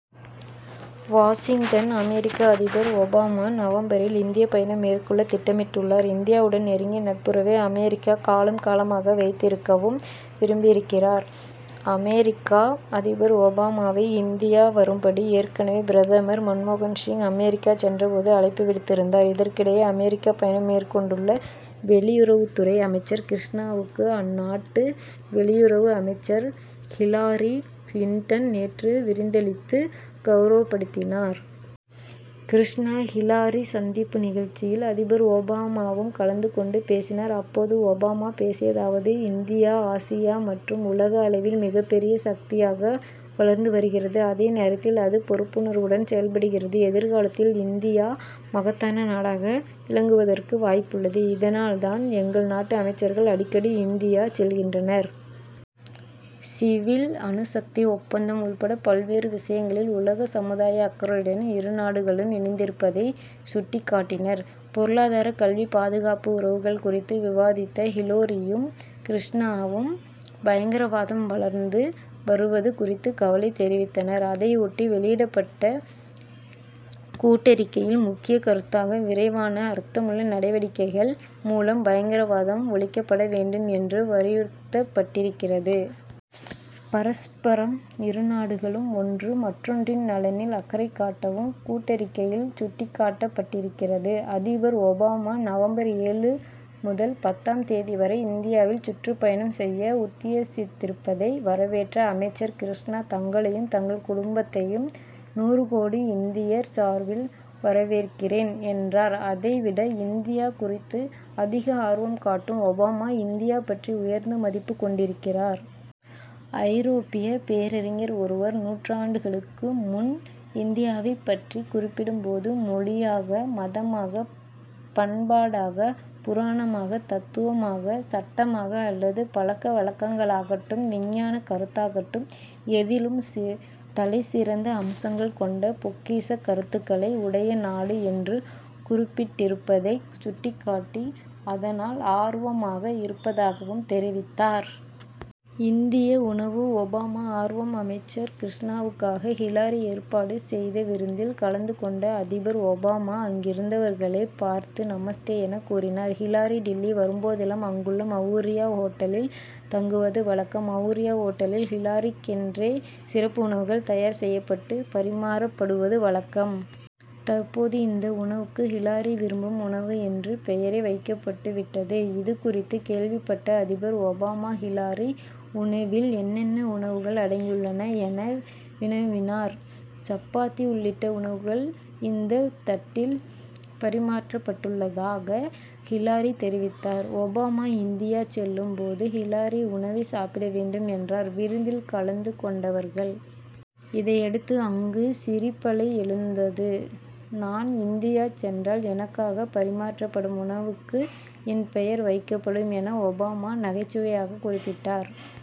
Washington அமெரிக்க அதிபர் Obama நவம்பரில் இந்திய பயணம் மேற்கொள்ள திட்டமிட்டுள்ளார். இந்தியாவுடன் நெருங்கிய நட்புறவை அமெரிக்கா காலம் காலமாக வைத்திருக்கவும் விரும்பியிருகிறார். அமெரிக்க அதிபர் ஒபாமாவை இந்தியா வரும்படி ஏற்கனவே பிரதமர் மன்மோகன்சிங் அமெரிக்கா சென்ற போது அழைப்பு விடுத்திருந்தார். இதற்கிடையே அமெரிக்க பயணம் மேற்கொண்டுள்ள வெளியுறவுத்துறை அமைச்சர் கிருஷ்ணாவுக்கு அந்நாட்டு வெளியுறவு அமைச்சர் ஹிலாரி கிளின்டன் நேற்று விருந்தளித்து கவுரவப்படுத்தினார். கிருஷ்ணா ஹிலாரி சந்திப்பு நிகழ்ச்சியில் அதிபர் ஒபாமாவும் கலந்து கொண்டு பேசினார். அப்போது ஒபாமா பேசியதாவது இந்தியா ஆசியா மற்றும் உலக அளவில் மிகப்பெரிய சக்தியாக வளர்ந்து வருகிறது. அதே நேரத்தில் அது பொறுப்புணர்வுடன் செயல்படுகிறது. எதிர்காலத்தில் இந்தியா மகத்தான நாடாக விளங்குவதற்கு வாய்ப்புள்ளது. இதனால் தான் எங்கள் நாட்டு அமைச்சர்கள் அடிக்கடி இந்தியா செல்கின்றனர். சிவில் அணுசக்தி ஒப்பந்தம் உட்பட பல்வேறு விஷயங்களில் உலக சமுதாய அக்கறையுடன் இருநாடுகளும் இணைந்திருப்பதைச் சுட்டிக்காட்டினார். பொருளாதார கல்வி பாதுகாப்பு உறவுகள் குறித்து விவாதித்த ஹிலாரியும் கிருஷ்ணாவும் பயங்கரவாதம் வளர்ந்து வருவது குறித்து கவலைத் தெரிவித்தனர். அதை ஒட்டி வெளியிடப்பட்ட கூட்டறிக்கையில் முக்கிய கருத்தாக விரைவான அர்த்தமுள்ள நடவடிக்கைகள் மூலம் பயங்கரவாதம் ஒழிக்கப்பட வேண்டும் என்று வலியுறுத்தப்பட்டிருக்கிறது. பரஸ்பரம் இருநாடுகளும் ஒன்று மற்றொன்றின் நலனில் அக்கறை காட்டவும் கூட்டறிக்கையில் சுட்டிக்காட்டப்பட்டிருக்கிறது. அதிபர் ஒபாமா நவம்பர் ஏழு முதல் பத்தாம் தேதி வரை இந்தியாவில் சுற்றுப்பயணம் செய்ய உத்தேசித்திருப்பதை வரவேற்ற அமைச்சர் கிருஷ்ணா தங்களையும் தங்கள் குடும்பத்தையும் நூறுகோடி இந்தியர் சார்பில் வரவேற்கிறேன் என்றார். அதைவிட இந்தியா குறித்து அதிக ஆர்வம் காட்டும் ஒபாமா இந்தியா பற்றி உயர்ந்த மதிப்பு கொண்டிருக்கிறார். ஐரோப்பிய பேரறிஞர் ஒருவர் நூறாண்டுகளுக்கு முன் இந்தியாவைப் பற்றி குறிப்பிடும் போது மொழியாக மதமாக பண்பாடாக புராணமாக தத்துவமாக சட்டமாக அல்லது பழக்கவழக்கங்களாகட்டும் விஞ்ஞான கருத்தாகட்டும் எதிலும் சிதலைசிறந்த அம்சங்கள் கொண்ட பொக்கிஷக் கருத்துக்களை உடைய நாடு என்று குறிப்பிட்டிருப்பதை சுட்டிக்காட்டி அதனால் ஆர்வமாக இருப்பதாகவும் தெரிவித்தார். இந்திய உணவு ஒபாமா ஆர்வம் அமைச்சர் கிருஷ்ணாவுக்காக ஹிலாரி ஏற்பாடு செய்த விருந்தில் கலந்து கொண்ட அதிபர் ஒபாமா அங்கிருந்தவர்களை பார்த்து நமஸ்தே என கூறினார். ஹிலாரி டில்லி வரும்போதெல்லாம் அங்குள்ள மவுரியா ஓட்டலில் தங்குவது வழக்கம். மவுரியா ஓட்டலில் ஹிலாரிக்கென்றே சிறப்பு உணவுகள் தயார் செய்யப்பட்டு பரிமாறப்படுவது வழக்கம். தற்போது இந்த உணவுக்கு ஹிலாரி விரும்பும் உணவு என்று பெயரே வைக்கப்பட்டு விட்டது. இது குறித்து கேள்விப்பட்ட அதிபர் ஒபாமா ஹிலாரி உணவில் என்னென்ன உணவுகள் அடங்கியுள்ளன என வினவினார். சப்பாத்தி உள்ளிட்ட உணவுகள் இந்த தட்டில் பரிமாறப்பட்டுள்ளதாக ஹிலாரி தெரிவித்தார். ஒபாமா இந்தியா செல்லும் போது ஹிலாரி உணவை சாப்பிட வேண்டும் என்றனர் விருந்தில் கலந்து கொண்டவர்கள். இதையடுத்து அங்கு சிரிப்பலை எழுந்தது. நான் இந்தியா சென்றால் எனக்காக பரிமாறப்படும் உணவுக்கு என் பெயர் வைக்கப்படும் என ஒபாமா நகைச்சுவையாக குறிப்பிட்டார்.